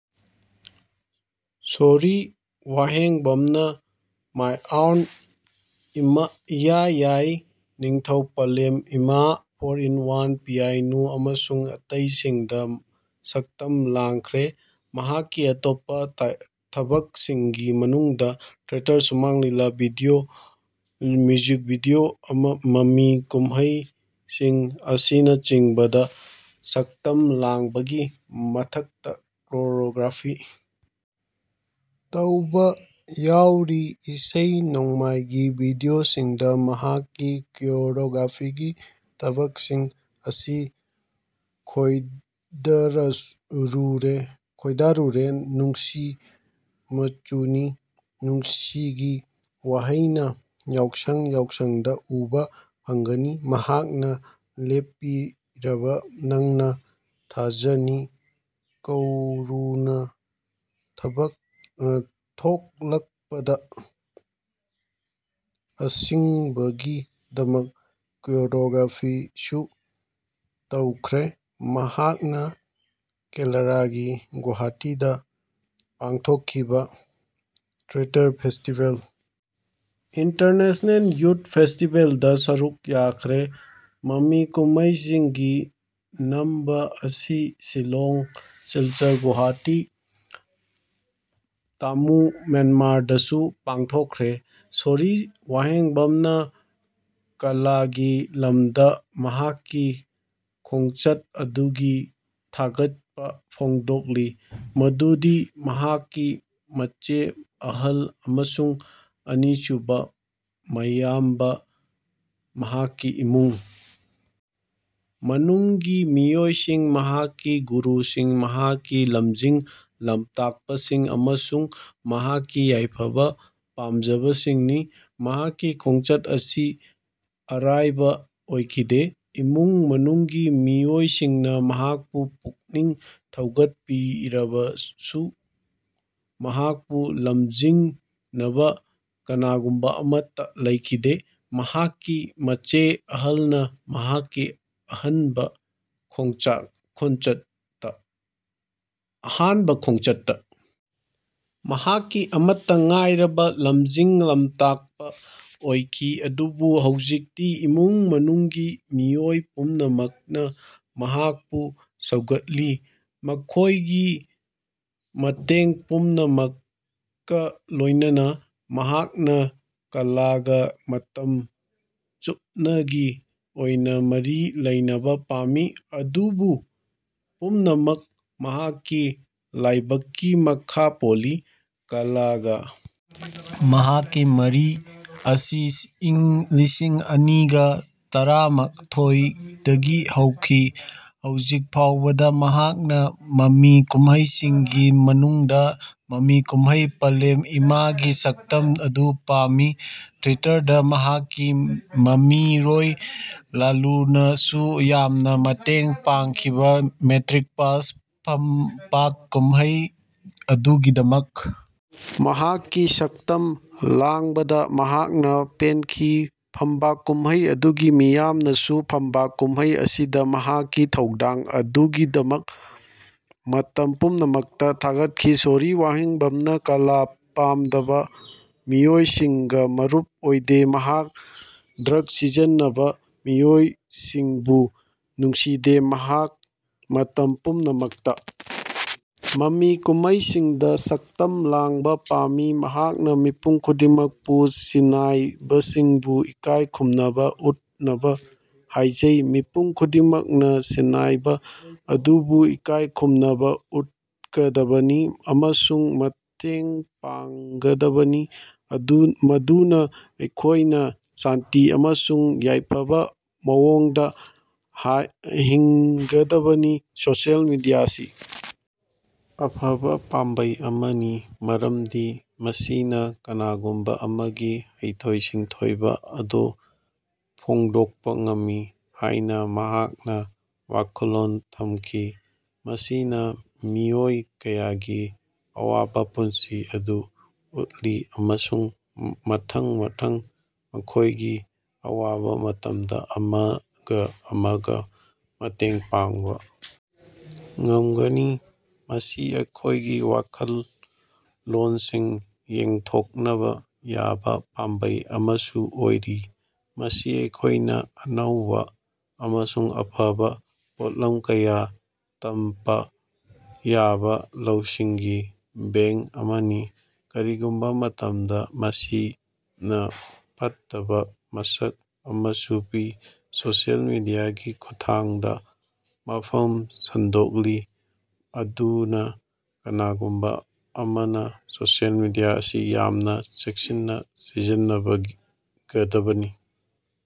ꯁꯣꯔꯤ ꯋꯥꯍꯦꯡꯕꯝꯅ ꯃꯥꯏ ꯑꯣꯟ, ꯏꯌꯥ ꯌꯥꯏ, ꯅꯤꯡꯊꯧ, ꯄꯂꯦꯝ ꯏꯃꯥ, ꯐꯣꯔ ꯏꯟ ꯋꯥꯟ, ꯄꯤꯌꯥꯏꯅꯨ ꯑꯃꯁꯨꯡ ꯑꯇꯩꯁꯤꯡꯗ ꯁꯛꯇꯝ ꯂꯥꯡꯈ꯭ꯔꯦ꯫ ꯃꯍꯥꯛꯀꯤ ꯑꯇꯣꯞꯄ ꯊꯕꯛꯁꯤꯡꯒꯤ ꯃꯅꯨꯡꯗ ꯊꯤꯌꯦꯇꯔ, ꯁꯨꯃꯥꯡ ꯂꯤꯂꯥ, ꯃ꯭ꯌꯨꯖꯤꯛ ꯚꯤꯗꯤꯑꯣꯁꯤꯡ, ꯃꯃꯤ ꯀꯨꯝꯍꯩꯁꯤꯡ ꯑꯁꯤꯅꯆꯤꯡꯕꯗ ꯁꯛꯇꯝ ꯂꯥꯡꯕꯒꯤ ꯃꯊꯛꯇ ꯀꯣꯔꯤꯑꯣꯒ꯭ꯔꯥꯐꯤ ꯇꯧꯕ ꯌꯥꯎꯔꯤ꯫ ꯏꯁꯩ ꯅꯣꯡꯃꯥꯏꯒꯤ ꯚꯤꯗꯤꯑꯣꯁꯤꯡꯗ ꯃꯍꯥꯛꯀꯤ ꯀꯣꯔꯤꯌꯣꯒ꯭ꯔꯥꯐꯤꯒꯤ ꯊꯕꯛꯁꯤꯡ ꯑꯁꯤ ꯈꯣꯏꯗꯥꯔꯨꯔꯦ, ꯅꯨꯡꯁꯤ ꯃꯆꯨꯅꯤ, ꯅꯨꯡꯁꯤꯒꯤ ꯋꯥꯍꯩꯅ, ꯌꯥꯎꯁꯡ ꯌꯥꯎꯁꯡꯗ ꯎꯕ ꯐꯪꯒꯅꯤ꯫ ꯃꯍꯥꯛꯅ ꯂꯦꯞꯄꯤꯔꯕ, ꯅꯪꯅ ꯊꯥꯖꯅꯤ, ꯀꯣꯔꯧꯅ ꯊꯣꯛꯂꯛꯄꯗ ꯑꯁꯤꯅꯆꯤꯡꯕꯒꯤꯗꯃꯛ ꯀꯣꯔꯤꯑꯣꯒ꯭ꯔꯥꯐꯤꯁꯨ ꯇꯧꯈ꯭ꯔꯦ꯫ ꯃꯍꯥꯛꯅ ꯀꯦꯔꯂꯥꯒꯤ ꯒꯨꯋꯥꯍꯥꯇꯤꯗ ꯄꯥꯡꯊꯣꯛꯈꯤꯕ ꯊꯤꯌꯦꯇꯔ ꯐꯦꯁꯇꯤꯚꯦꯜ, ꯏꯟꯇꯔꯅꯦꯁꯅꯦꯜ ꯌꯨꯊ ꯐꯦꯁꯇꯤꯚꯦꯜꯗ ꯁꯔꯨꯛ ꯌꯥꯈ꯭ꯔꯦ꯫ ꯃꯃꯤ ꯀꯨꯝꯍꯩꯁꯤꯡꯒꯤ ꯅꯝꯕ ꯑꯁꯤ ꯁꯤꯜꯂꯣꯡ, ꯁꯤꯜꯆꯔ, ꯒꯨꯋꯥꯍꯥꯇꯤ, ꯇꯥꯃꯨ (ꯃ꯭ꯌꯥꯟꯃꯥꯔ)ꯗꯁꯨ ꯄꯥꯡꯊꯣꯛꯈꯤ꯫ ꯁꯣꯔꯤ ꯋꯥꯍꯦꯡꯕꯝꯅ ꯀꯂꯥꯒꯤ ꯂꯝꯗ ꯃꯍꯥꯛꯀꯤ ꯈꯣꯡꯆꯠ ꯑꯗꯨꯒꯤ ꯊꯥꯒꯠꯄ ꯐꯣꯡꯗꯣꯛꯂꯤ ꯃꯗꯨꯗꯤ ꯃꯍꯥꯛꯀꯤ ꯃꯆꯦ ꯑꯍꯜ ꯑꯃꯁꯨꯡ ꯑꯅꯤꯁꯨꯕ ꯃꯌꯥꯝꯕ, ꯃꯍꯥꯛꯀꯤ ꯏꯃꯨꯡ ꯃꯅꯨꯡꯒꯤ ꯃꯤꯑꯣꯏꯁꯤꯡ, ꯃꯍꯥꯛꯀꯤ ꯒꯨꯔꯨꯁꯤꯡ, ꯃꯍꯥꯛꯀꯤ ꯂꯝꯖꯤꯡ ꯂꯝꯇꯥꯛꯄꯁꯤꯡ ꯑꯃꯁꯨꯡ ꯃꯍꯥꯛꯀꯤ ꯌꯥꯏꯐꯕ ꯄꯥꯝꯖꯕꯁꯤꯡꯅꯤ꯫ ꯃꯍꯥꯛꯀꯤ ꯈꯣꯡꯆꯠ ꯑꯁꯤ ꯑꯔꯥꯏꯕ ꯑꯣꯏꯈꯤꯗꯦ꯫ ꯏꯃꯨꯡ ꯃꯅꯨꯡꯒꯤ ꯃꯤꯑꯣꯏꯁꯤꯡꯅ ꯃꯍꯥꯛꯄꯨ ꯄꯨꯛꯅꯤꯡ ꯊꯧꯒꯠꯄꯤꯔꯕꯁꯨ ꯃꯍꯥꯛꯄꯨ ꯂꯝꯖꯤꯡꯅꯕ ꯀꯅꯥꯒꯨꯝꯕ ꯑꯃꯠꯇ ꯂꯩꯈꯤꯗꯦ꯫ ꯃꯍꯥꯛꯀꯤ ꯃꯆꯦ ꯑꯍꯜꯅ ꯃꯍꯥꯛꯀꯤ ꯑꯍꯥꯟꯕ ꯈꯣꯡꯆꯠꯇ ꯃꯍꯥꯛꯀꯤ ꯑꯃꯠꯇ ꯉꯥꯏꯔꯕ ꯂꯝꯖꯤꯡ ꯂꯝꯇꯥꯛꯄ ꯑꯣꯏꯈꯤ ꯑꯗꯨꯕꯨ ꯍꯧꯖꯤꯛꯇꯤ ꯏꯃꯨꯡ ꯃꯅꯨꯡꯒꯤ ꯃꯤꯑꯣꯏ ꯄꯨꯝꯅꯃꯛꯅ ꯃꯍꯥꯛꯄꯨ ꯁꯧꯒꯠꯂꯤ꯫ ꯃꯈꯣꯏꯒꯤ ꯃꯇꯦꯡ ꯄꯨꯝꯅꯃꯛꯀ ꯂꯣꯏꯅꯅ ꯃꯍꯥꯛꯅ ꯀꯂꯥꯒ ꯃꯇꯝ ꯆꯨꯞꯅꯒꯤ ꯑꯣꯏꯅ ꯃꯔꯤ ꯂꯩꯅꯕ ꯄꯥꯝꯃꯤ꯫ ꯑꯗꯨꯕꯨ ꯄꯨꯝꯅꯃꯛ ꯃꯍꯥꯛꯀꯤ ꯂꯥꯏꯕꯛꯀꯤ ꯃꯈꯥ ꯄꯣꯜꯂꯤ꯫ ꯀꯂꯥꯒ ꯃꯍꯥꯛꯀꯤ ꯃꯔꯤ ꯑꯁꯤ ꯏꯪ ꯂꯤꯁꯤꯡ ꯑꯅꯤꯒ ꯇꯔꯥꯃꯥꯊꯣꯏꯗꯒꯤ ꯍꯧꯈꯤ꯫ ꯍꯧꯖꯤꯛ ꯐꯥꯎꯕꯗ ꯃꯍꯥꯛꯅ ꯃꯃꯤ ꯀꯨꯝꯍꯩꯁꯤꯡꯒꯤ ꯃꯅꯨꯡꯗ ꯃꯃꯤ ꯀꯨꯝꯍꯩ 'ꯄꯥꯂꯦꯝ ꯏꯃꯥ'ꯒꯤ ꯁꯛꯇꯝ ꯑꯗꯨ ꯄꯥꯝꯃꯤ꯫ ꯊꯤꯌꯦꯇꯔꯗ ꯃꯍꯥꯛꯀꯤ ꯃꯃꯤꯔꯣꯏ ꯂꯥꯂꯨꯅꯁꯨ ꯌꯥꯝꯅ ꯃꯇꯦꯡ ꯄꯥꯡꯈꯤꯕ 'ꯃꯦꯇ꯭ꯔꯤꯛ ꯄꯥꯁ' ꯐꯝꯕꯥꯛ ꯀꯨꯝꯍꯩ ꯑꯗꯨꯒꯤꯗꯃꯛ ꯃꯍꯥꯛꯀꯤ ꯁꯛꯇꯝ ꯂꯥꯡꯕꯗ ꯃꯍꯥꯛꯅ ꯄꯦꯟꯈꯤ꯫ ꯐꯝꯕꯥꯛ ꯀꯨꯝꯍꯩ ꯑꯗꯨꯒꯤ ꯃꯤꯌꯥꯝꯅꯁꯨ ꯐꯝꯕꯥꯛ ꯀꯨꯝꯍꯩ ꯑꯁꯤꯗ ꯃꯍꯥꯛꯀꯤ ꯊꯧꯗꯥꯡ ꯑꯗꯨꯒꯤꯗꯃꯛ ꯃꯇꯝ ꯄꯨꯝꯅꯃꯛꯇ ꯊꯥꯒꯠꯈꯤ꯫ ꯁꯣꯔꯤ ꯋꯥꯍꯦꯡꯕꯝꯅ ꯀꯂꯥ ꯄꯥꯝꯗꯕ ꯃꯤꯑꯣꯏꯁꯤꯡꯒ ꯃꯔꯨꯞ ꯑꯣꯏꯗꯦ꯫ ꯃꯍꯥꯛ ꯗ꯭ꯔꯒ ꯁꯤꯖꯤꯟꯅꯕ ꯃꯤꯑꯣꯏꯁꯤꯡꯕꯨ ꯅꯨꯡꯁꯤꯗꯦ꯫ ꯃꯍꯥꯛ ꯃꯇꯝ ꯄꯨꯝꯅꯃꯛꯇ ꯃꯃꯤ ꯀꯨꯝꯍꯩꯁꯤꯡꯗ ꯁꯛꯇꯝ ꯂꯥꯡꯕ ꯄꯥꯝꯃꯤ꯫ ꯃꯍꯥꯛꯅ ꯃꯤꯄꯨꯝ ꯈꯨꯗꯤꯡꯃꯛꯄꯨ ꯁꯤꯟꯅꯥꯏꯕꯁꯤꯡꯕꯨ ꯏꯀꯥꯏ ꯈꯨꯝꯅꯕ ꯎꯠꯅꯕ ꯍꯥꯏꯖ ꯃꯤꯄꯨꯝ ꯈꯨꯗꯤꯡꯃꯛꯅ ꯁꯤꯟꯅꯥꯏꯕ ꯑꯗꯨꯕꯨ ꯏꯀꯥꯏ ꯈꯨꯝꯅꯕ ꯎꯠꯀꯗꯕꯅꯤ ꯑꯃꯁꯨꯡ ꯃꯇꯦꯡ ꯄꯥꯡꯒꯗꯕꯅꯤ ꯃꯗꯨꯅ ꯑꯩꯈꯣꯏꯅ ꯁꯥꯟꯇꯤ ꯑꯃꯁꯨꯡ ꯌꯥꯏꯐꯕ ꯃꯑꯣꯡꯗ ꯍꯤꯡꯒꯗꯕꯅꯤ꯫ ꯁꯣꯁꯤꯌꯦꯜ ꯃꯤꯗꯤꯌꯥ ꯑꯁꯤ ꯑꯐꯕ ꯄꯥꯝꯕꯩ ꯑꯃꯅꯤ ꯃꯔꯝꯗꯤ ꯃꯁꯤꯅ ꯀꯅꯥꯒꯨꯝꯕ ꯑꯃꯒꯤ ꯍꯩꯊꯣꯏ ꯁꯤꯡꯊꯣꯏꯕ ꯑꯗꯨ ꯐꯣꯡꯗꯣꯛꯄ ꯉꯝꯃꯤ ꯍꯥꯏꯅ ꯃꯍꯥꯛꯅ ꯋꯥꯈꯜꯂꯣꯟ ꯊꯝꯈꯤ꯫ ꯃꯁꯤꯅ ꯃꯤꯑꯣꯏ ꯀꯌꯥꯒꯤ ꯑꯋꯥꯕ ꯄꯨꯟꯁꯤ ꯑꯗꯨ ꯎꯠꯂꯤ ꯑꯃꯁꯨꯡ ꯃꯊꯪ ꯃꯊꯪ ꯃꯈꯣꯏꯒꯤ ꯑꯋꯥꯕ ꯃꯇꯝꯗ ꯑꯃꯒ ꯑꯃꯒ ꯃꯇꯦꯡ ꯄꯥꯡꯕ ꯉꯝꯒꯅꯤ꯫ ꯃꯁꯤ ꯑꯩꯈꯣꯏꯒꯤ ꯋꯥꯈꯜꯂꯣꯟꯁꯤꯡ ꯌꯦꯟꯊꯣꯛꯅꯕ ꯌꯥꯕ ꯄꯥꯝꯕꯩ ꯑꯃꯁꯨ ꯑꯣꯏꯔꯤ꯫ ꯃꯁꯤ ꯑꯩꯈꯣꯏꯅ ꯑꯅꯧꯕ ꯑꯃꯁꯨꯡ ꯑꯐꯕ ꯄꯣꯠꯂꯝ ꯀꯌꯥ ꯇꯝꯕ ꯌꯥꯕ ꯂꯧꯁꯤꯡꯒꯤ ꯕꯦꯡꯛ ꯑꯃꯅꯤ꯫ ꯀꯔꯤꯒꯨꯝꯕ ꯃꯇꯝꯗ ꯃꯁꯤꯅ ꯐꯠꯇꯕ ꯃꯁꯛ ꯑꯃꯁꯨ ꯄꯤ꯫ ꯁꯣꯁꯤꯌꯦꯜ ꯃꯤꯗꯤꯌꯥꯒꯤ ꯈꯨꯠꯊꯥꯡꯗ ꯃꯐꯝ ꯁꯟꯗꯣꯛꯂꯤ꯫ ꯑꯗꯨꯅ ꯀꯅꯥꯒꯨꯝꯕ ꯑꯃꯅ ꯁꯣꯁꯤꯌꯦꯜ ꯃꯤꯗꯤꯌꯥ ꯑꯁꯤ ꯌꯥꯝꯅ ꯆꯦꯛꯁꯤꯟꯅ ꯁꯤꯖꯤꯟꯅꯕꯒꯗꯕꯅꯤ